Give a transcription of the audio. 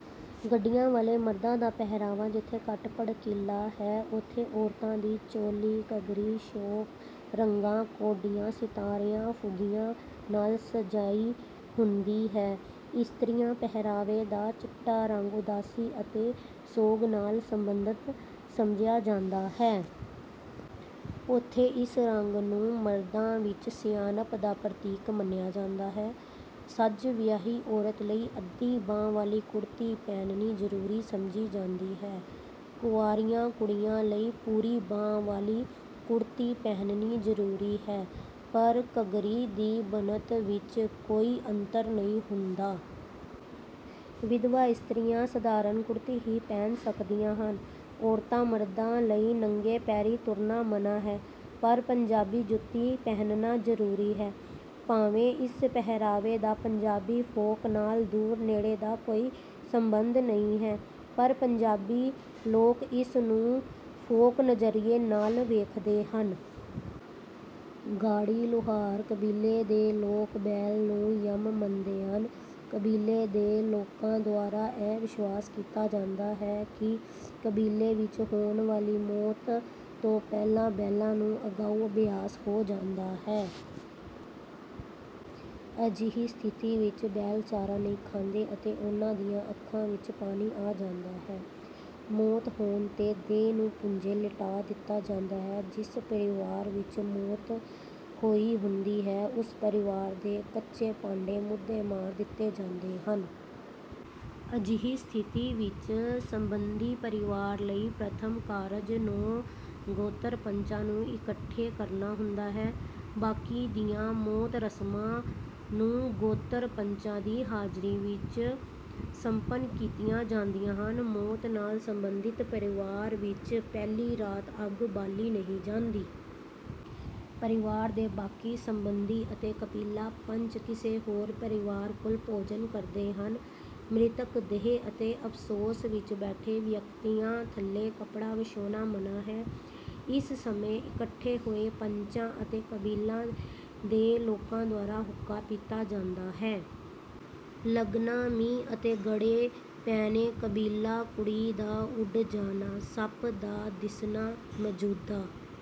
ਗੱਡੀਆਂ ਵਾਲੇ ਮਰਦਾਂ ਦਾ ਪਹਿਰਾਵਾ ਜਿੱਥੇ ਘੱਟ ਭੜਕੀਲਾ ਹੈ ਉਥੇ ਔਰਤਾਂ ਦੀ ਚੋਲੀ ਘੱਗਰੀ ਸ਼ੋਖ ਰੰਗਾਂ ਕੌਡੀਆਂ ਸਿਤਾਰਿਆਂ ਫੂੰਦਿਆਂ ਨਾਲ ਸਜਾਈ ਹੁੰਦੀ ਹੈ। ਇਸਤਰੀਆਂ ਪਹਿਰਾਵੇ ਦਾ ਚਿੱਟਾ ਰੰਗ ਉਦਾਸੀ ਅਤੇ ਸੋਗ ਨਾਲ ਸਬੰਧਤ ਸਮਝਿਆ ਜਾਂਦਾ ਹੈ। ਉਥੇ ਇਸ ਰੰਗ ਨੂੰ ਮਰਦਾਂ ਵਿੱਚ ਸਿਆਣਪ ਦਾ ਪ੍ਰਤੀਕ ਮੰਨਿਆ ਜਾਂਦਾ ਹੈ। ਸੱਜ ਵਿਆਹੀ ਔਰਤ ਲਈ ਅੱਧੀ ਬਾਂਹ ਵਾਲੀ ਕੁੜਤੀ ਪਹਿਨਣੀ ਜ਼ਰੂਰੀ ਸਮਝੀ ਜਾਂਦੀ ਹੈ। ਕੁਆਰੀਆਂ ਕੁੜੀਆਂ ਲਈ ਪੂਰੀ ਬਾਂਹ ਵਾਲੀ ਕੁੜਤੀ ਪਹਿਨਣੀ ਜ਼ਰੂਰੀ ਹੈ ਪਰ ਘੱਗਰੀ ਦੀ ਬਣਤ ਵਿੱਚ ਕੋਈ ਅੰਤਰ ਨਹੀਂ ਹੁੰਦਾ। ਵਿਧਵਾ ਇਸਤਰੀਆਂ ਸਧਾਰਨ ਕੁੜਤੀ ਹੀ ਪਹਿਨ ਸਕਦੀਆਂ ਹਨ। ਔਰਤਾਂ ਮਰਦਾਂ ਲਈ ਨੰਗੇ ਪੈਰੀਂ ਤੁਰਨਾ ਮਨ੍ਹਾ ਹੈ। ਪਰ ਪੰਜਾਬੀ ਜੁੱਤੀ ਪਹਿਨਣਾ ਜ਼ਰੂਰੀ ਹੈ। ਭਾਵੇਂ ਇਸ ਪਹਿਰਾਵੇ ਦਾ ਪੰਜਾਬੀ ਫੋਕ ਨਾਲ ਦੂਰ ਨੇੜੇ ਦਾ ਕੋਈ ਸਬੰਧ ਨਹੀਂ ਹੈ ਪਰ ਪੰਜਾਬੀ ਲੋਕ ਇਸਨੂੰ ਫੋਕ ਨਜ਼ਰੀਏ ਨਾਲ ਵੇਖਦੇ ਹਨ। ਗਾਡੀ ਲੁਹਾਰ ਕਬੀਲੇ ਦੇ ਲੋਕ ਬੈਲ ਨੂੰ ਯਮ ਮੰਨਦੇ ਹਨ। ਕਬੀਲੇ ਦੇ ਲੋਕਾਂ ਦੁਆਰਾ ਇਹ ਵਿਸ਼ਵਾਸ ਕੀਤਾ ਜਾਂਦਾ ਹੈ ਕਿ ਕਬੀਲੇ ਵਿੱਚ ਹੋਣ ਵਾਲੀ ਮੌਤ ਤੋਂ ਪਹਿਲਾਂ ਬੈਲਾਂ ਨੂੰ ਅਗਾਊਂ ਅਭਿਯਾਸ ਹੋ ਜਾਂਦਾ ਹੈ। ਅਜਿਹੀ ਸਥਿਤੀ ਵਿੱਚ ਬੈਲ ਚਾਰਾ ਨਹੀਂ ਖਾਂਦੇ ਅਤੇ ਉਨ੍ਹਾਂ ਦੀਆਂ ਅੱਖਾਂ ਵਿੱਚ ਪਾਣੀ ਆ ਜਾਂਦਾ ਹੈ। ਮੌਤ ਹੋਣ ਤੇ ਦੇਹ ਨੂੰ ਭੁੰਜੇ ਲਿਟਾ ਦਿੱਤਾ ਜਾਂਦਾ ਹੈ। ਜਿਸ ਪਰਿਵਾਰ ਵਿੱਚ ਮੌਤ ਹੋਈ ਹੁੰਦੀ ਹੈ ਉਸ ਪਰਿਵਾਰ ਦੇ ਕੱਚੇ ਭਾਂਡੇ ਮੂਧੇ ਮਾਰ ਦਿੱਤੇ ਜਾਂਦੇ ਹਨ। ਅਜਿਹੀ ਸਥਿਤੀ ਵਿੱਚ ਸਬੰਧਿਤ ਪਰਿਵਾਰ ਲਈ ਪ੍ਰਥਮ ਕਾਰਜ ਨੌਂ ਗੋਤਰ ਪੰਚਾਂ ਨੂੰ ਇਕੱਠੇ ਕਰਨਾ ਹੁੰਦਾ ਹੈ। ਬਾਕੀ ਦੀਆਂ ਮੌਤ ਰਸਮਾਂ ਨੌਂ ਗੋਤਰ ਪੰਚਾਂ ਦੀ ਹਾਜ਼ਰੀ ਵਿੱਚ ਸੰਪੰਨ ਕੀਤੀਆਂ ਜਾਂਦੀਆਂ ਹਨ। ਮੌਤ ਨਾਲ ਸਬੰਧਿਤ ਪਰਿਵਾਰ ਵਿੱਚ ਪਹਿਲੀ ਰਾਤ ਅੱਗ ਬਾਲੀ ਨਹੀਂ ਜਾਂਦੀ। ਪਰਿਵਾਰ ਦੇ ਬਾਕੀ ਸਬੰਧੀ ਅਤੇ ਕਬੀਲਾ ਪੰਚ ਕਿਸੇ ਹੋਰ ਪਰਿਵਾਰ ਕੋਲ ਭੋਜਨ ਕਰਦੇ ਹਨ। ਮ੍ਰਿਤਕ ਦੇਹ ਅਤੇ ਅਫ਼ਸੋਸ ਵਿੱਚ ਬੈਠੇ ਵਿਅਕਤੀਆਂ ਥੱਲੇ ਕੱਪੜਾ ਵਿਛਾਉਣਾ ਮਨ੍ਹਾ ਹੈ। ਇਸ ਸਮੇਂ ਇਕੱਠੇ ਹੋਏ ਪੰਚਾਂ ਅਤੇ ਕਬੀਲੇ ਦੇ ਲੋਕਾਂ ਦੁਆਰਾ ਹੁੱਕਾ ਪੀਤਾ ਜਾਂਦਾ ਹੈ। ਲੱਗਣਾ ਮੀਂਹ ਅਤੇ ਗੜੇ ਪੈਣੇ ਕਬੀਲਾ ਕੁੜੀ ਦਾ ਉੱਡ ਜਾਣਾ ਸੱਪ ਦਾ ਦਿਸਣਾ ਮੌਜੂਦਾ